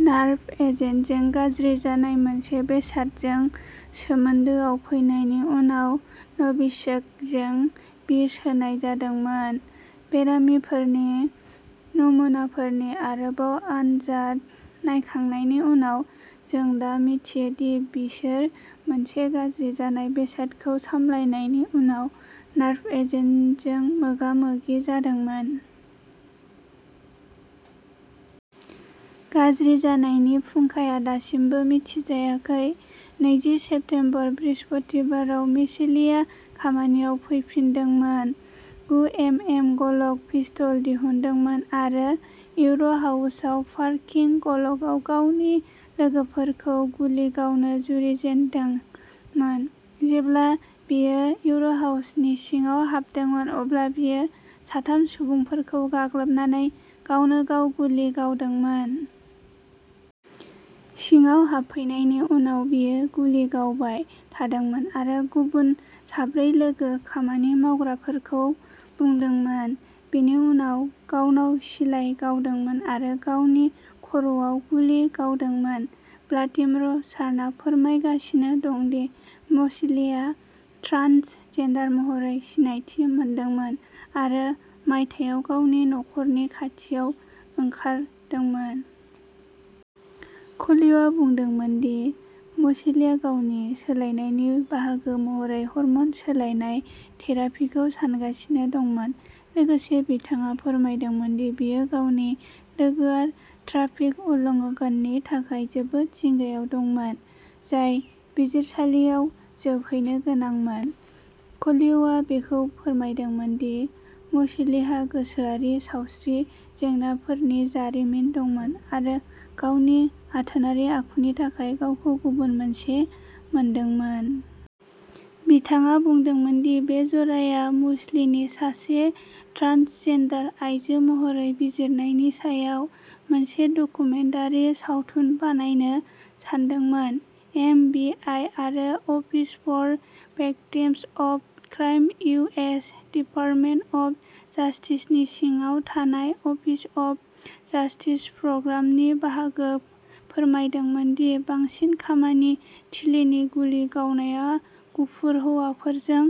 Nerve एजेन्टजों गाज्रि जानाय मोनसे बेसादजों सोमोन्दोआव फैनायनि उनाव न'भिचक'जों बिस होनाय जादोंमोन। "बेरामिफोरनि नमुनाफोरनि आरोबाव आनजाद नायखांनायनि उनाव, जों दा मिथियो दि बिसोर मोनसे गाज्रि जानाय बेसादखौ सामलायनायनि उनाव नार्भ एजेन्टजों मोगामोगि जादोंमोन।" गाज्रि जानायनि फुंखाया दासिमबो मिथिजायाखै। नैजि सेप्तेम्बर बृहस्पतिबाराव मसेलिआ खामानियाव फैफिनदोंमोन, गु एम एम ग्लक पिस्टल दिहुनदोंमोन आरो वेयरहाउस पार्किं कल'गआव गावनि लोगोफोरखौ गुलि गावनो जुरिजेनदोंमोन। जेब्ला बियो वेयरहाउसनि सिङाव हाबदोंमोन अब्ला बियो साथाम सुबुंफोरखौ गाग्लोबनानै गावनोगाव गुलि गावदोंमोन। सिङाव हाबफैनायनि उनाव बियो गुलि गावबाय थादोंमोन आरो गुबुन साब्रै लोगो खामानि मावग्राफोरखौ बुदोंमोन, बिनि उनाव गावनाव सिलाइ गावदोंमोन आरो गावनि खर'आव गुलि गावदोंमोन। बाल्टिम'र सानआ फोरमायगासिनो दं दि मसेलिआ ट्रान्सजेन्डार महरै सिनायथि मोनदोंमोन आरो मायथाइयाव गावनि नखरनि खाथियाव ओंखार दोंमोन। क'लिआ बुंदोंमोन दि मसेलिआ गावनि सोलायनायनि बाहागो महरै हर्मन सोलायनाय थेरापिखौ सानगासिनो दंमोन। लोगोसे, बिथाङा फोरमायदोंमोन दि बियो गावनि लोगोआ ट्राफिक उल्लङ्घननि थाखाय जोबोद जिंगायाव दंमोन, जाय बिजिरसालियाव जोबहैनो गोनांमोन। क'लिआ बेखौबो फोरमायदोंमोन दि म'सेलीहा गोसोआरि सावस्रि जेंनाफोरनि जारिमिन दंमोन आरो गावनि आथोनारि आखुनि थाखाय गावखौ गुबुन मोनसे मोनदोंमोन। बिथाङा बुंदोंमोन दि बे जराया म'सेलीनि सासे ट्रान्सजेन्डार आइजो महरै जुजिनायनि सायाव मोनसे डकुमेन्टारि सावथुन बानायनो सानदोंमोन। एफ बि आइ आरो office for victims of crime U S department of जस्टिसनि सिङाव थानाय अफिस अफ जस्टिस प्रग्रामनि बाहागो फोरमायदोंमोन दि बांसिन खामानि थिलिनि गुलि गावनाया गुफुर हौवाफोरजों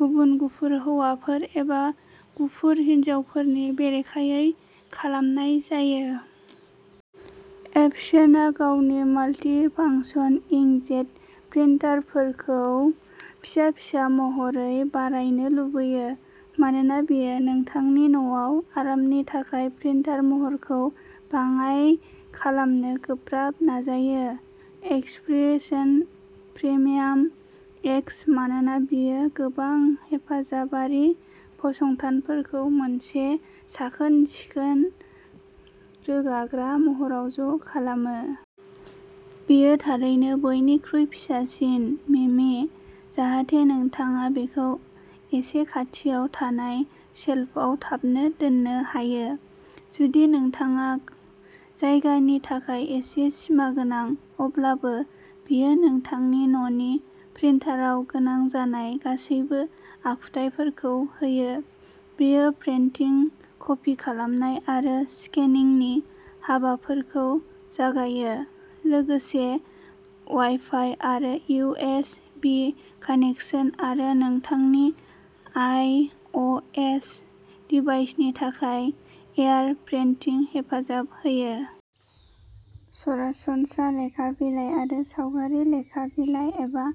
गुबुन गुफुर हौवाफोर एबा गुफुर हिनजावफोरनि बेरेखायै खालामनाय जायो। एप्सनआ गावनि माल्टिफांशन इंकजेट प्रिन्टारफोरखौ फिसा-फिसा महरै बरनायनो लुगैयो, मानोना बेयो नोंथांनि न'आव आरामनि थाखाय प्रिन्टार महरखौ बाङाइ खालामनो गोब्राब नाजायो। एक्सप्रेशोन प्रिमियाम एक्स मानोना बेयो गोबां हेफाजाबारि फासंथानफोरखौ मोनसे साखोन-सिखोन, रोगाग्रा महराव ज' खालामो। बेयो थारैनो बयनिख्रुइ फिसासिन। मिमि, जाहाथे नोंथाङा बेखौ एसे खाथियाव थानाय सेल्फआव थाबनो दोननो हायो, जुदि नोंथाङा जायगानि थाखाय एसे सिमागोनां अब्लाबो, बेयो नोंथांनि न'नि प्रिन्टाराव गोनां जानाय गासैबो आखुथायफोरखौ होयो। बेयो प्रिन्टिं, कपि खालामनाय आरो स्केनिंनि हाबाफोरखौ जागायो, लोगोसे वाइफाइ आरो इउ एस फि कानेकसन आरो नोंथांनि आइ अ एस डिभाइसनि थाखाय एयारप्रिन्टेंग हेफाजाब होयो। सरासनस्रा लेखा बिलाइ आरो सावगारि लेखा बिलाइ एबा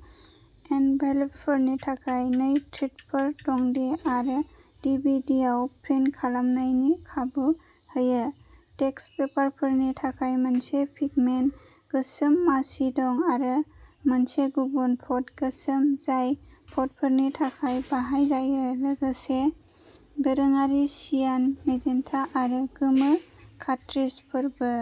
एनभेलपफोरनि थाखाय नै ट्रेफोर दंदि आरो डि भि डि आव प्रिन्ट खालामनायनि खाबु होयो। टेक्सट पेपारफोरनि थाखाय मोनसे पिगमेन्ट गोसोम मसी दं, आरो मोनसे गुबुन फट' गोसोम जाय फट'फोरनि थाखाय बाहाय जायो, लोगोसे दोरोङारि सियान, मेजेन्टा आरो गोमो कार्ट्रिजफोरबो।